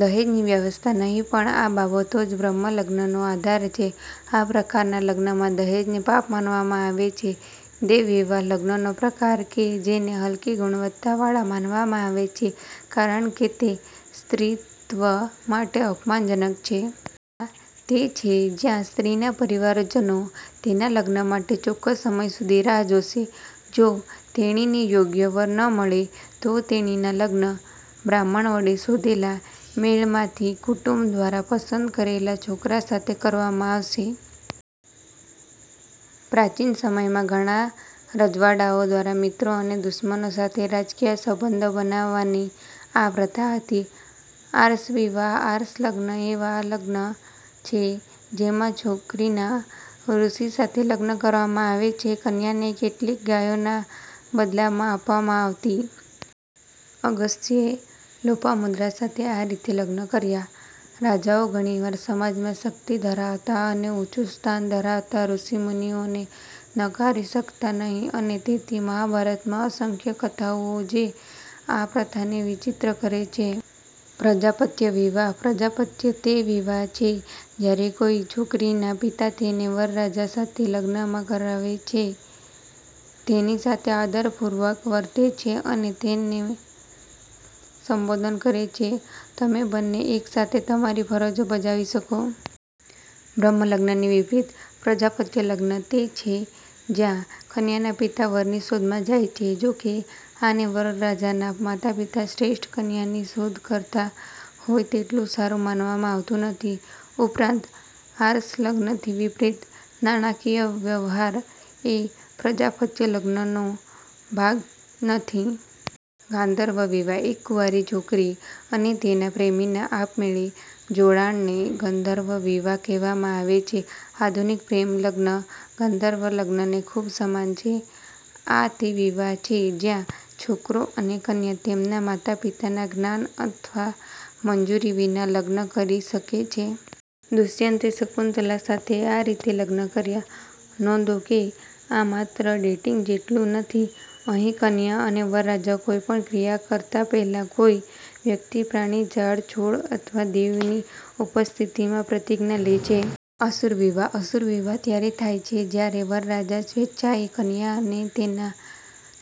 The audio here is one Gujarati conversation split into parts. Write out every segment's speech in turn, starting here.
દહેજની વ્યવસ્થા નહીં પણ આ બાબતો જ બ્રહ્મ લગ્નનો આધાર છે. આ પ્રકારના લગ્નમાં દહેજને પાપ માનવામાં આવે છે. દૈવ વિવાહ લગ્નનો પ્રકાર કે જેને હલકી ગુણવત્તાવાળા માનવામાં આવે છે કારણ કે તે સ્ત્રીત્વ માટે અપમાનજનક છે. આ તે છે જ્યાં સ્ત્રીના પરિવારજનો તેના લગ્ન માટે ચોક્કસ સમય સુધી રાહ જોશે. જો તેણીને યોગ્ય વર ન મળે, તો તેણીના લગ્ન બ્રાહ્મણ વડે શોધેલા મેળમાંથી કુટુંબ દ્વારા પસંદ કરેલા છોકરા સાથે કરવામાં આવશે. પ્રાચીન સમયમાં ઘણા રજવાડાઓ દ્વારા મિત્રો અને દુશ્મનો સાથે રાજકીય સંબંધો બનાવવાની આ પ્રથા હતી. આર્ષ વિવાહ આર્ષ લગ્ન એવા લગ્ન છે જેમાં છોકરીના ઋષિ સાથે લગ્ન કરવામાં આવે છે. કન્યાને કેટલીક ગાયોના બદલામાં આપવામાં આવતી. અગસ્ત્યે લોપામુદ્રા સાથે આ રીતે લગ્ન કર્યા. રાજાઓ ઘણીવાર સમાજમાં શક્તિ ધરાવતા અને ઊંચું સ્થાન ધરાવતા ઋષિ મુનિઓને નકારી શકતા નહીં અને તેથી મહાભારતમાં અસંખ્ય કથાઓ જે આ પ્રથાને ચિત્રિત કરે છે. પ્રજાપત્ય વિવાહ પ્રજાપત્ય તે વિવાહ છે જ્યારે કોઈ છોકરીના પિતા તેને વરરાજા સાથે લગ્નમાં કરાવે છે, તેની સાથે આદરપૂર્વક વર્તે છે અને તેમને સંબોધન કરે છે: 'તમે બંને એક સાથે તમારી ફરજો બજાવી શકો'. બ્રહ્મ લગ્નથી વિપરીત, પ્રજાપત્ય લગ્ન તે છે જ્યાં કન્યાના પિતા વરની શોધમાં જાય છે, જોકે, આને વરરાજાના માતાપિતા શ્રેષ્ઠ કન્યાની શોધ કરતા હોય તેટલું સારું માનવામાં આવતું નથી. ઉપરાંત, આર્ષ લગ્નથી વિપરીત, નાણાકીય વ્યવહાર એ પ્રજાપત્ય લગ્નનો ભાગ નથી. ગાંધર્વ વિવાહ એક કુંવારી છોકરી અને તેના પ્રેમીના આપમેળે જોડાણને ગાંધર્વ વિવાહ કહેવામાં આવે છે. આધુનિક 'પ્રેમ' લગ્ન ગંધર્વ લગ્નને ખૂબ સમાન છે. આ તે વિવાહ છે જ્યાં છોકરો અને કન્યા તેમના માતાપિતાના જ્ઞાન અથવા મંજૂરી વિના લગ્ન કરી શકે છે. દુષ્યંતે શકુંતલા સાથે આ રીતે લગ્ન કર્યા. નોંધો કે આ માત્ર ડેટિંગ જેટલું નથી. અહીં કન્યા અને વરરાજા કોઈ પણ ક્રિયા કરતા પહેલા, કોઈ વ્યક્તિ, પ્રાણી, ઝાડ, છોડ અથવા દેવની ઉપસ્થિતિમાં પ્રતિજ્ઞા લે છે. અસુર વિવાહ અસુર વિવાહ ત્યારે થાય છે જ્યારે વરરાજા સ્વેચ્છાએ કન્યા અને તેના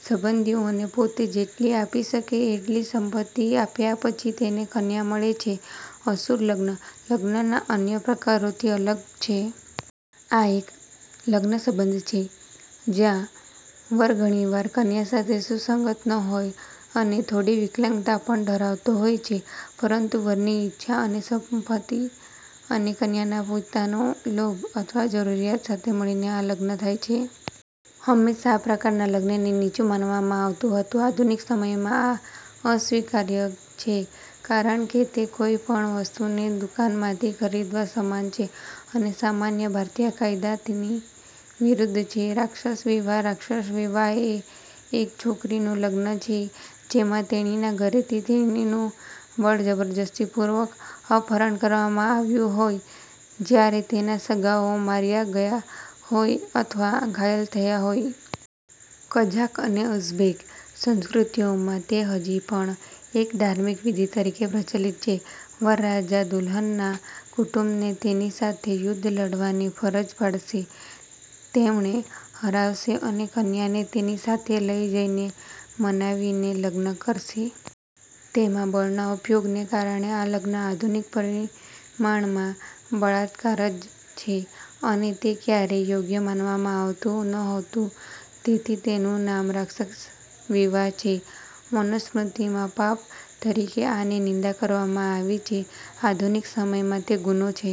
સંબંધીઓને પોતે જેટલી આપી શકે એટલી સંપત્તિ આપ્યા પછી તેને કન્યા મળે છે. અસુર લગ્ન લગ્નના અન્ય પ્રકારોથી અલગ છે. આ એક લગ્નસંબંધ છે જ્યાં વર ઘણીવાર કન્યા સાથે સુસંગત ન હોય અને થોડી વિકલાંગતા પણ ધરાવતો હોય છે, પરંતુ વરની ઇચ્છા અને સંપત્તિ અને કન્યાના પિતાના લોભ અથવા જરૂરિયાત સાથે મળીને આ લગ્ન થાય છે. હંમેશા આ પ્રકારના લગ્નને નીચું માનવામાં આવતું હતું. આધુનિક સમયમાં આ અસ્વીકાર્ય છે કારણ કે તે કોઈ પણ વસ્તુને દુકાનમાંથી ખરીદવા સમાન છે અને સામાન્ય ભારતીય કાયદાની વિરુદ્ધ છે. રાક્ષસ વિવાહ રાક્ષસ વિવાહ એ એક છોકરીનું લગ્ન છે જેમાં તેણીના ઘરેથી તેણીનું બળજબરીપૂર્વક અપહરણ કરવામાં આવ્યું હોય, જ્યારે તેના સગાઓ માર્યા ગયા હોય અથવા ઘાયલ થયા હોય. કઝાક અને ઉઝ્બેક સંસ્કૃતિઓમાં તે હજી પણ એક ધાર્મિક વિધિ તરીકે પ્રચલિત છે. વરરાજા દુલ્હનના કુટુંબને તેની સાથે યુદ્ધ લડવાની ફરજ પાડશે, તેમને હરાવશે અને કન્યાને તેની સાથે લઇ જઈને મનાવીને લગ્ન કરશે. તેમાં બળના ઉપયોગને કારણે આ લગ્ન આધુનિક પરિમાણમાં બળાત્કાર જ છે, અને તે ક્યારેય યોગ્ય માનવામાં આવતું નહોતું તેથી તેનું નામ રાક્ષસ વિવાહ છે. મનુસ્મૃતિમાં પાપ તરીકે આની નિંદા કરવામાં આવી છે. આધુનિક સમયમાં તે ગુનો છે.